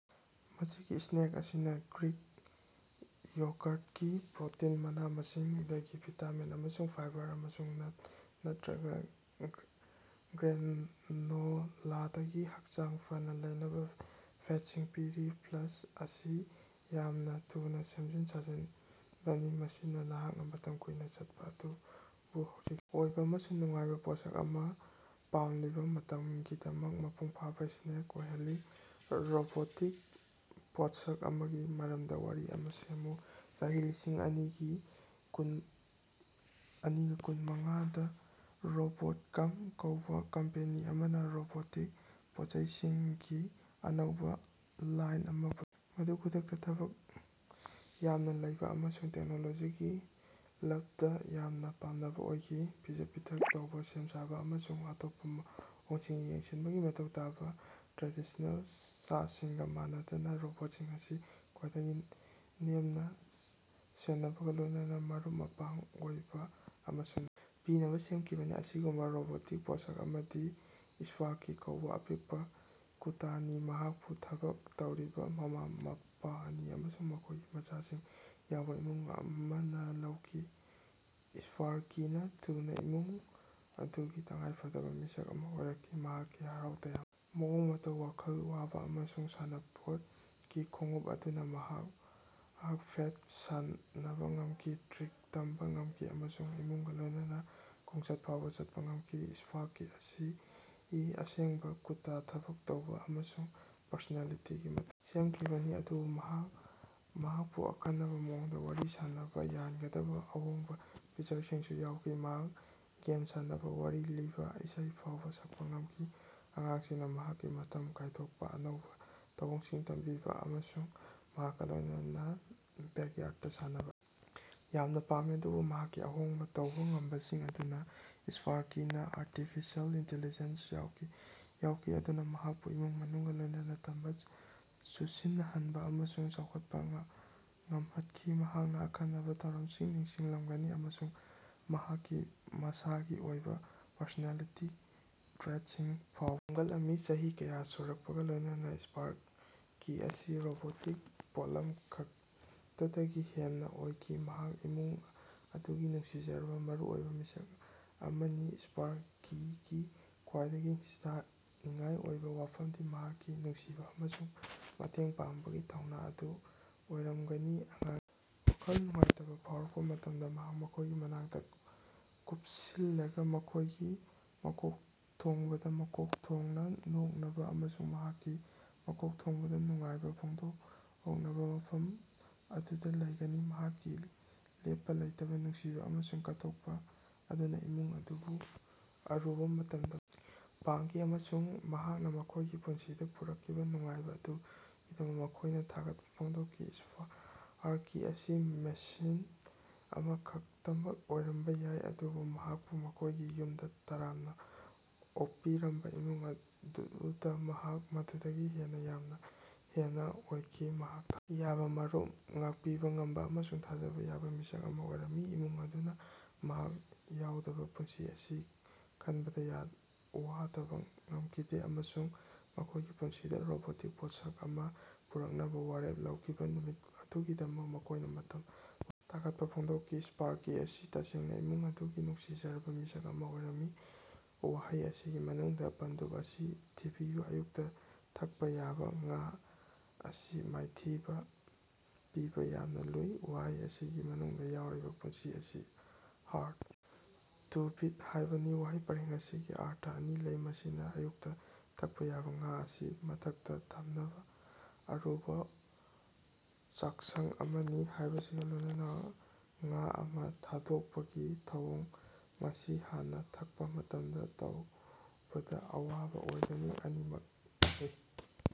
ꯃꯁꯤꯒꯤ ꯁ꯭ꯅꯦꯛ ꯑꯁꯤꯅ ꯒ꯭ꯔꯤꯛ ꯌꯣꯒꯔꯠꯒꯤ ꯄ꯭ꯔꯣꯇꯤꯟ, ꯃꯅꯥ-ꯃꯁꯤꯡꯗꯒꯤ ꯚꯤꯇꯥꯃꯤꯟ ꯑꯃꯁꯨꯡ ꯐꯥꯏꯕꯔ ꯑꯃꯁꯨꯡ ꯅꯠ ꯅꯠꯇ꯭ꯔꯒ ꯒ꯭ꯔꯦꯅꯣꯂꯥꯗꯒꯤ ꯍꯛꯆꯥꯡ ꯐꯅ ꯂꯩꯅꯕ ꯐꯦꯠꯁꯤꯡ ꯄꯤꯔꯤ꯫ ꯄ꯭ꯂꯁ, ꯑꯁꯤ ꯌꯥꯝꯅꯥ ꯊꯨꯅꯥ ꯁꯦꯝꯖꯤꯟ ꯁꯥꯖꯤꯟꯕꯅꯤ, ꯃꯁꯤꯅ ꯅꯍꯥꯛꯅ ꯃꯇꯝ ꯀꯨꯏꯅ ꯆꯠꯄ ꯑꯗꯨꯕꯨ ꯍꯧꯖꯤꯛꯁꯨ ꯃꯆꯤ ꯑꯣꯏꯕ ꯑꯃꯁꯨꯡ ꯅꯨꯡꯉꯥꯏꯕ ꯄꯣꯠꯁꯛ ꯑꯃ ꯄꯥꯝꯂꯤꯕ ꯃꯇꯝꯒꯤꯗꯃꯛ ꯃꯄꯨꯡ ꯐꯥꯕ ꯁ꯭ꯅꯦꯛ ꯑꯣꯏꯍꯜꯂꯤ꯫ ꯔꯣꯕꯣꯇꯤꯛ ꯄꯣꯠꯁꯛ ꯑꯃꯒꯤ ꯃꯔꯝꯗ ꯋꯥꯔꯤ ꯑꯃ ꯁꯦꯝꯃꯨ꯫ ꯆꯍꯤ ꯂꯤꯁꯤꯡ ꯑꯅꯤꯒ ꯀꯨꯟꯃꯉꯥꯗ ꯔꯣꯕꯣꯠꯀꯝ ꯀꯧꯕ ꯀꯝꯄꯦꯅꯤ ꯑꯃꯅ ꯔꯣꯕꯣꯇꯤꯛ ꯄꯣꯠꯆꯩꯁꯤꯡꯒꯤ ꯑꯅꯧꯕ ꯂꯥꯏꯟ ꯑꯃ ꯄꯨ ꯫ ꯃꯗꯨ ꯈꯨꯗꯛꯇ ꯊꯕꯛ ꯌꯥꯝꯅ ꯂꯩꯕ ꯑꯃꯁꯨꯡ ꯇꯦꯛꯅꯣꯂꯣꯖꯤꯒꯤ ꯂꯞꯗ ꯌꯥꯝꯅ ꯄꯥꯝꯅꯕ ꯑꯣꯏꯈꯤ꯫ ꯄꯤꯖ-ꯄꯤꯊꯛ ꯇꯧꯕ, ꯁꯦꯝ-ꯁꯥꯕ ꯑꯃꯁꯨꯡ ꯑꯇꯣꯞꯄ ꯃꯑꯣꯡꯁꯤꯡꯒꯤ ꯌꯦꯡꯁꯤꯟꯕꯒꯤ ꯃꯊꯧ ꯇꯥꯕ ꯇ꯭ꯔꯦꯗꯤꯁ꯭ꯅꯦꯜ ꯁꯥꯁꯤꯡꯒ ꯃꯥꯟꯅꯗꯅ, ꯔꯣꯕꯣꯠꯁꯤꯡ ꯑꯁꯤ ꯈ꯭ꯋꯥꯏꯗꯒꯤ ꯅꯦꯝꯅ ꯁꯦꯟꯅꯕꯒ ꯂꯣꯏꯅꯅ ꯃꯔꯨꯞ-ꯃꯄꯥꯡ ꯑꯣꯏꯕ ꯑꯃꯁꯨꯡ ꯄꯤꯅꯕ ꯁꯦꯝꯈꯤꯕꯅꯤ꯫ ꯑꯁꯤꯒꯨꯝꯕ ꯔꯣꯕꯣꯇꯤꯛ ꯄꯣꯠꯁꯛ ꯑꯃꯗꯤ ꯁ꯭ꯄꯥꯔꯀꯤ ꯀꯧꯕ ꯑꯄꯤꯛꯄ ꯀꯨꯠꯇꯥꯅꯤ꯫ ꯃꯍꯥꯛꯄꯨ ꯊꯕꯛ ꯇꯧꯔꯤꯕ ꯃꯃꯥ-ꯃꯄꯥ ꯑꯅꯤ ꯑꯃꯁꯨꯡ ꯃꯈꯣꯏꯒꯤ ꯃꯆꯥꯁꯤꯡ ꯌꯥꯎꯕ ꯏꯃꯨꯡ ꯑꯃꯅ ꯂꯧꯈꯤ꯫ ꯁ꯭ꯄꯥꯔꯀꯤꯅ ꯊꯨꯅ ꯏꯃꯨꯡ ꯑꯗꯨꯒꯤ ꯇꯉꯥꯏꯐꯗꯕ ꯃꯤꯁꯛ ꯑꯃ ꯑꯣꯏꯔꯛꯈꯤ, ꯃꯍꯥꯛꯀꯤ ꯍꯔꯥꯎ ꯇꯌꯥꯝ ꯃꯑꯣꯡ ꯃꯇꯧ, ꯋꯥꯈꯜ ꯋꯥꯕ ꯑꯃꯁꯨꯡ ꯁꯥꯟꯅꯄꯣꯠꯀꯤ ꯈꯣꯡꯎꯞ ꯑꯗꯨꯅ ꯃꯍꯥꯛ ꯐꯦꯠ ꯁꯥꯟꯅꯕ ꯉꯝꯈꯤ, ꯇ꯭ꯔꯤꯛ ꯇꯝꯕ ꯉꯝꯈꯤ ꯑꯃꯁꯨꯡ ꯏꯃꯨꯡꯒ ꯂꯣꯏꯅꯅ ꯈꯣꯡꯆꯠ ꯐꯥꯎꯕ ꯆꯠꯄ ꯉꯝꯈꯤ ꯫ ꯁ꯭ꯄꯥꯔꯀꯤ ꯑꯁꯤ ꯑꯁꯦꯡꯕ ꯀꯨꯠꯇꯥ ꯊꯕꯛ ꯇꯧꯕ ꯑꯃꯁꯨꯡ ꯄꯔꯁꯣꯅꯦꯂꯤꯇꯤꯒꯤ ꯁꯦꯝꯈꯤꯕꯅꯤ, ꯑꯗꯨꯕꯨ ꯃꯍꯥꯛꯄꯨ ꯑꯈꯟꯅꯕ ꯃꯑꯣꯡꯗ ꯋꯥꯔꯤ ꯁꯥꯅꯕ ꯌꯥꯍꯟꯒꯗꯕ ꯑꯍꯣꯡꯕ ꯐꯤꯆꯔꯁꯤꯡꯁꯨ ꯌꯥꯎꯈꯤ꯫ ꯃꯍꯥꯛ ꯒꯦꯝ ꯁꯥꯟꯅꯕ, ꯋꯥꯔꯤ ꯂꯤꯕ, ꯏꯁꯩ ꯐꯥꯎꯕ ꯁꯛꯄ ꯉꯝꯈꯤ꯫ ꯑꯉꯥꯡꯁꯤꯡꯅ ꯃꯍꯥꯛꯀ ꯃꯇꯝ ꯀꯥꯏꯊꯣꯛꯄ, ꯑꯅꯧꯕ ꯊꯧꯑꯣꯡꯁꯤꯡ ꯇꯝꯕꯤꯕ ꯑꯃꯁꯨꯡ ꯃꯍꯥꯛꯀ ꯂꯣꯏꯅꯅ ꯕꯦꯛꯌꯥꯔꯗꯇ ꯁꯥꯟꯅꯕ ꯌꯥꯝꯅ ꯄꯥꯝꯃꯤ꯫ ꯑꯗꯨꯕꯨ ꯃꯍꯥꯛꯀꯤ ꯑꯍꯣꯡꯕ ꯇꯧꯕ ꯉꯝꯕꯁꯤꯡ ꯑꯗꯨꯅ ꯁ꯭ꯄꯥꯔꯀꯤꯅ ꯑꯥꯔꯇꯤꯐꯤꯁꯤꯑꯦꯜ ꯏꯟꯇꯤꯂꯤꯖꯦꯟꯁꯁꯨ ꯌꯥꯎꯈꯤ ꯃꯗꯨꯅ ꯃꯍꯥꯛꯄꯨ ꯏꯃꯨꯡ ꯃꯅꯨꯡꯒ ꯂꯣꯏꯅꯅ ꯇꯝꯕ, ꯆꯨꯁꯤꯟꯅꯍꯟꯕ ꯑꯃꯁꯨꯡ ꯆꯥꯎꯈꯠꯄ ꯉꯝꯍꯠꯈꯤ꯫ ꯃꯍꯥꯛꯅ ꯑꯈꯟꯅꯕ ꯊꯧꯔꯝꯁꯤꯡ ꯅꯤꯡꯁꯤꯡꯂꯝꯒꯅꯤ ꯑꯃꯁꯨꯡ ꯃꯍꯥꯛꯀꯤ ꯃꯁꯥꯒꯤ ꯑꯣꯏꯕ ꯄꯔꯁꯣꯅꯦꯂꯤꯇꯤ ꯇ꯭ꯔꯦꯠꯁꯤꯡ ꯐꯥꯎ ꯁꯦꯝꯒꯠꯂꯝꯃꯤ꯫ ꯆꯍꯤ ꯀꯌꯥ ꯁꯨꯔꯛꯄꯒ ꯂꯣꯏꯅꯅ ꯁ꯭ꯄꯥꯔꯀꯤ ꯑꯁꯤ ꯔꯣꯕꯣꯇꯤꯛ ꯄꯣꯠꯂꯝ ꯈꯛꯇꯗꯒꯤ ꯍꯦꯟꯅ ꯑꯣꯏꯈꯤ꯫ ꯃꯍꯥꯛ ꯏꯃꯨꯡ ꯑꯗꯨꯒꯤ ꯅꯨꯡꯁꯤꯖꯔꯕ, ꯃꯔꯨꯑꯣꯏꯕ ꯃꯤꯁꯛ ꯑꯃꯅꯤ꯫ ꯁ꯭ꯄꯥꯔꯀꯤꯒꯤ ꯈ꯭ꯋꯥꯏꯗꯒꯤ ꯁꯤꯡꯊꯥꯅꯤꯡꯉꯥꯏ ꯑꯣꯏꯕ ꯋꯥꯐꯝꯗꯤ ꯃꯍꯥꯛꯀꯤ ꯅꯨꯡꯁꯤꯕ ꯑꯃꯁꯨꯡ ꯃꯇꯦꯡ ꯄꯥꯡꯕꯒꯤ ꯊꯧꯅꯥ ꯑꯗꯨ ꯑꯣꯏꯔꯝꯒꯅꯤ꯫ ꯑꯉꯥꯡ ꯋꯥꯈꯜ ꯅꯨꯡꯉꯥꯏꯇꯕ ꯐꯥꯎꯔꯛꯄ ꯃꯇꯝꯗ ꯃꯍꯥꯛ ꯃꯈꯣꯏꯒꯤ ꯃꯅꯥꯛꯇ ꯀꯨꯞꯁꯤꯜꯂꯒ ꯃꯈꯣꯏꯒꯤ ꯃꯀꯣꯛꯊꯣꯡꯕꯗ ꯃꯀꯣꯛ ꯊꯣꯡꯅ ꯅꯣꯛꯅꯕ ꯑꯃꯁꯨꯡ ꯃꯍꯥꯛꯀꯤ ꯃꯀꯣꯛꯊꯣꯡꯕꯗ ꯅꯨꯡꯉꯥꯏꯕ ꯐꯣꯡꯗꯣꯛꯅꯕ ꯃꯐꯝ ꯑꯗꯨꯗ ꯂꯩꯒꯅꯤ꯫ ꯃꯍꯥꯛꯀꯤ ꯂꯦꯞꯄ ꯂꯩꯇꯕ ꯅꯨꯡꯁꯤꯕ ꯑꯃꯁꯨꯡ ꯀꯠꯊꯣꯛꯄ ꯑꯗꯨꯅ ꯏꯃꯨꯡ ꯑꯗꯨꯕꯨ ꯑꯔꯨꯕ ꯃꯇꯝꯗ ꯄꯥꯡꯈꯤ ꯑꯃꯁꯨꯡ ꯃꯍꯥꯛꯅ ꯃꯈꯣꯏꯒꯤ ꯄꯨꯟꯁꯤꯗ ꯄꯨꯔꯛꯈꯤꯕ ꯅꯨꯡꯉꯥꯏꯕ ꯑꯗꯨꯒꯤꯗꯃꯛ ꯃꯈꯣꯏꯅꯅ ꯊꯥꯒꯠꯄ ꯐꯣꯡꯗꯣꯛꯈꯤ꯫ ꯁ꯭ꯄꯥꯔꯀꯤ ꯑꯁꯤ ꯃꯦꯁꯤꯟ ꯑꯃꯈꯛꯇꯃꯛ ꯑꯣꯏꯔꯝꯕ ꯌꯥꯏ, ꯑꯗꯨꯕꯨ ꯃꯍꯥꯛꯄꯨ ꯃꯈꯣꯏꯒꯤ ꯌꯨꯝꯗ ꯇꯔꯥꯝꯅ ꯑꯣꯛꯄꯤꯔꯝꯕ ꯏꯃꯨꯡ ꯑꯗꯨꯗ ꯃꯍꯥꯛ ꯃꯗꯨꯗꯒꯤ ꯍꯦꯟꯅ ꯌꯥꯝꯅ ꯍꯦꯟꯅ ꯑꯣꯏꯈꯤ꯫ ꯃꯍꯥꯛ ꯌꯥꯕ ꯃꯔꯨꯞ, ꯉꯥꯛꯄꯤꯕ ꯉꯝꯕ ꯑꯃꯁꯨꯡ ꯊꯥꯖꯕ ꯌꯥꯕ ꯃꯤꯁꯛ ꯑꯃ ꯑꯣꯏꯔꯝꯃꯤ꯫ ꯏꯃꯨꯡ ꯑꯗꯨꯅ ꯃꯍꯥꯛ ꯌꯥꯎꯗꯕ ꯄꯨꯟꯁꯤ ꯑꯁꯤ ꯈꯅꯕꯗ ꯋꯥꯗꯕ ꯉꯝꯈꯤꯗꯦ ꯑꯃꯁꯨꯡ ꯃꯈꯣꯏꯒꯤ ꯄꯨꯟꯁꯤꯗ ꯔꯣꯕꯣꯇꯤꯛ ꯄꯣꯠꯁꯛ ꯑꯃ ꯄꯨꯔꯛꯅꯕ ꯋꯥꯔꯦꯞ ꯂꯧꯈꯤꯕ ꯅꯨꯃꯤꯠ ꯑꯗꯨꯒꯤꯗꯃꯛ ꯃꯈꯣꯏꯅ ꯃꯇꯝ ꯊꯥꯒꯠꯄ ꯐꯣꯡꯗꯣꯛꯈꯤ꯫ ꯁ꯭ꯄꯥꯔꯀꯤ ꯑꯁꯤ ꯇꯁꯦꯡꯅ ꯏꯃꯨꯡ ꯑꯗꯨꯒꯤ ꯅꯨꯡꯁꯤꯖꯔꯕ ꯃꯤꯁꯛ ꯑꯃ ꯑꯣꯏꯔꯝꯃꯤ꯫ ꯋꯥꯍꯩ ꯑꯁꯤꯒꯤ ꯃꯅꯨꯡꯗ ꯄꯟꯗꯨꯞ ꯑꯁꯤ ꯊꯤꯕꯤꯌꯨ ꯑꯌꯨꯛꯇ ꯊꯛꯄ ꯌꯥꯕ ꯉꯥ ꯑꯁꯤ ꯃꯥꯏꯊꯤꯕ ꯄꯤꯕ ꯌꯥꯝꯅ ꯂꯨꯏ꯫ ꯋꯥꯍꯩ ꯑꯁꯤꯒꯤ ꯃꯅꯨꯡꯗ ꯌꯥꯎꯔꯤꯕ ꯄꯨꯟꯁꯤ ꯑꯁꯤ "ꯍꯥꯔꯗ ꯇꯨ ꯕꯤꯠ" ꯍꯥꯏꯕꯅꯤ꯫ ꯋꯥꯍꯩ ꯄꯔꯦꯡ ꯑꯁꯤꯒꯤ ꯑꯔꯊ ꯑꯅꯤ ꯂꯩ: ꯃꯁꯤꯅ ꯑꯌꯨꯛꯇ ꯊꯛꯄ ꯌꯥꯕ ꯉꯥ ꯑꯁꯤ ꯃꯊꯛꯇ ꯊꯝꯅꯕ ꯑꯔꯨꯕ ꯆꯥꯛꯁꯪ ꯑꯃꯅꯤ ꯍꯥꯏꯕꯁꯤꯒ ꯂꯣꯏꯅꯅ ꯉꯥ ꯑꯃ ꯊꯥꯗꯣꯛꯄꯒꯤ ꯊꯧꯑꯣꯡ (ꯃꯁꯤ ꯍꯥꯟꯅꯅ ꯊꯛꯄ ꯃꯇꯝꯗ ꯇꯧꯕꯗ ꯑꯋꯥꯕ ꯑꯣꯏꯒꯅꯤ) ꯑꯅꯤꯃꯛ ꯇꯥꯛꯏ꯫